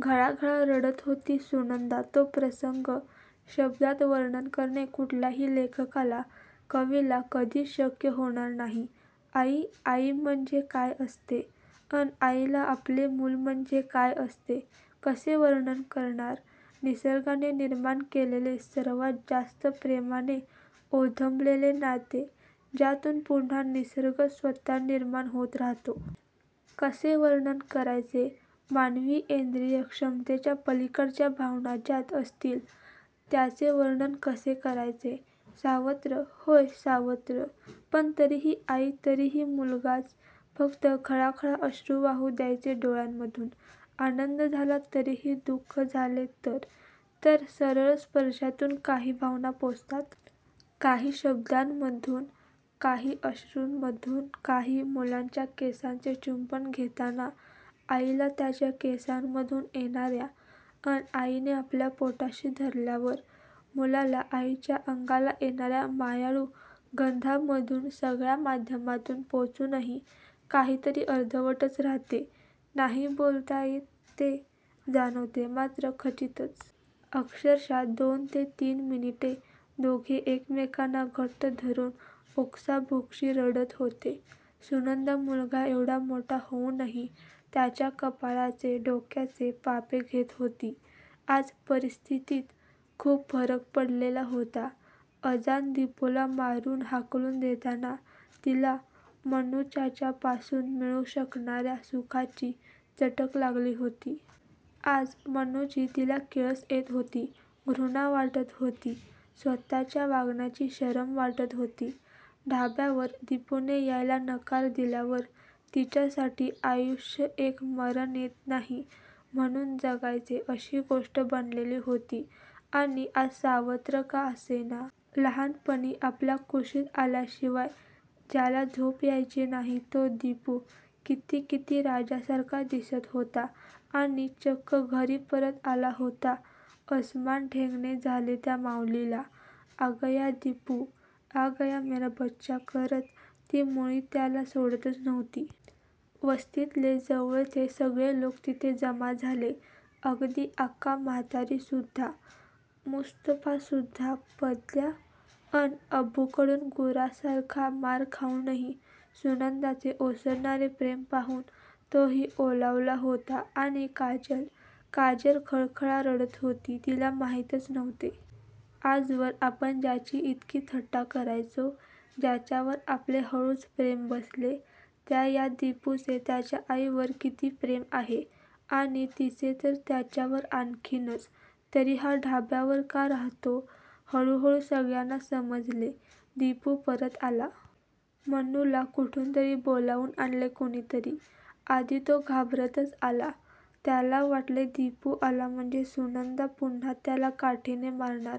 घळाघळा रडत होती सुनंदा तो प्रसंग शब्दात वर्णन करणे कुठल्याही लेखकाला कवीला कधीच शक्य होणार नाही. आई! आई म्हणजे काय असते. अन आईला आपले मूल म्हणजे काय असते. कसे वर्णन करणार? निसर्गाने निर्माण केलेले सर्वात जास्त प्रेमाने ओथंबलेले नाते ज्यातून पुन्हा निसर्गच स्वतः निर्माण होत राहतो. कसे वर्णन करायचे? मानवी ऐंद्रीय क्षमतेच्या पलीकडच्या भावना ज्यात असतील. त्याचे वर्णन कसे करायचे? सावत्र? होय! सावत्र! पण तरीही आई तरीही मुलगाच फक्त घळाघळा अश्रू वाहू द्यायचे डोळ्यांमधून! आनंद झाला तरीही दु:ख झाले तर तर सरळच स्पर्शातून काही भावना पोचतात. काही शब्दांमधून काही अश्रूंमधून काही मुलाच्या केसांचे चुंबन घेताना आईला त्याच्या केसांमधून येणार्या अन आईने आपल्या पोटाशी धरल्यावर मुलाला आईच्या अंगाला येणार्या मायाळू गंधामधून सगळ्या माध्यमातून पोचूनही काहीतरी अर्धवटच राहते. नाही बोलता येत ते जाणवते मात्र खचितच! अक्षरशः दोन ते तीन मिनिटे दोघे एकमेकांना घट्ट धरून ओक्साबोक्षी रडत होते. सुनंदा मुलगा एवढा मोठा होऊनही त्याच्या कपाळाचे, डोक्याचे पापे घेत होती. आज परिस्थितीत खूप फरक पडलेला होता. अजाण दिपूला मारून हाकलून देताना तिला मन्नूचाचापासून मिळू शकणार्या सुखाची चटक लागली होती. आज मन्नूची तिला किळस येत होती. घृणा वाटत होती. स्वतःच्या वागण्याची शरम वाटत होती. ढाब्यावर दिपूने यायला नकार दिल्यावर तिच्यासाठी आयुष्य एक 'मरण येत नाही म्हणून जगायचे' अशी गोष्ट बनलेली होती आणि आज सावत्र का असेना. लहानपणी आपल्या कुशीत आल्याशिवाय ज्याला झोपच यायची नाही तो दिपू. कित्ती कित्ती राजासारखा दिसत होता आणि चक्क घरी परत आला होता. अस्मान ठेंगणे झाले त्या माउलीला. 'आगया दिपू, आगया मेरा बच्चा' करत ती मुळी त्याला सोडतच नव्हती. वस्तीतले जवळचे सगळे लोक तिथे जमा झाले. अगदी आक्का म्हातारी सुद्धा! मुस्तफासुद्धा! पद्या अन अबूकडून गुरासारखा मार खाऊनही सुनंदाचे ओसंडणारे प्रेम पाहून तोही ओलावला होता आणि काजल? काजल घळघळा रडत होती. तिला माहीतच नव्हते. आजवर आपण ज्याची इतकी थट्टा करायचो. ज्याच्यावर आपले हळूच प्रेम बसले. त्या या दिपूचे त्याच्या आईवर किती प्रेम आहे आणि तिचे तर त्याच्यावर आणखीनच. तरी हा ढाब्यावर का राहतो? हळूहळू सगळ्यांना समजले. दिपू परत आला. मन्नूला कुठूनतरी बोलावून आणले कुणीतरी! आधी तो घाबरतच आला. त्याला वाटले दिपू आला म्हणजे सुनंदा पुन्हा त्याला काठीने मारणार!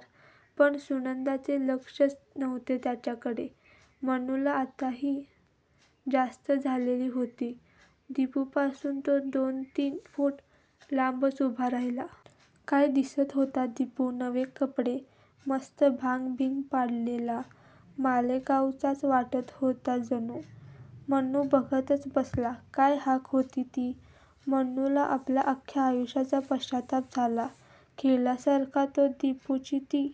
पण सुनंदाचे लक्षच नव्हते त्याच्याकडे! मन्नूला आत्ताही जास्त झालेली होती. दिपूपासून तो दोन तीन फूट लांबच उभा राहिला. काय दिसत होता दिपू! नवे कपडे, मस्त भांग बिंग पाडलेला! मालेगावचाच वाटत होता जणू! मन्नू बघतच बसला. काय हाक होती ती! मन्नूला आपल्या अख्ख्या आयुष्याचा पश्चात्ताप झाला. खिळल्यासारखा तो दिपूची ती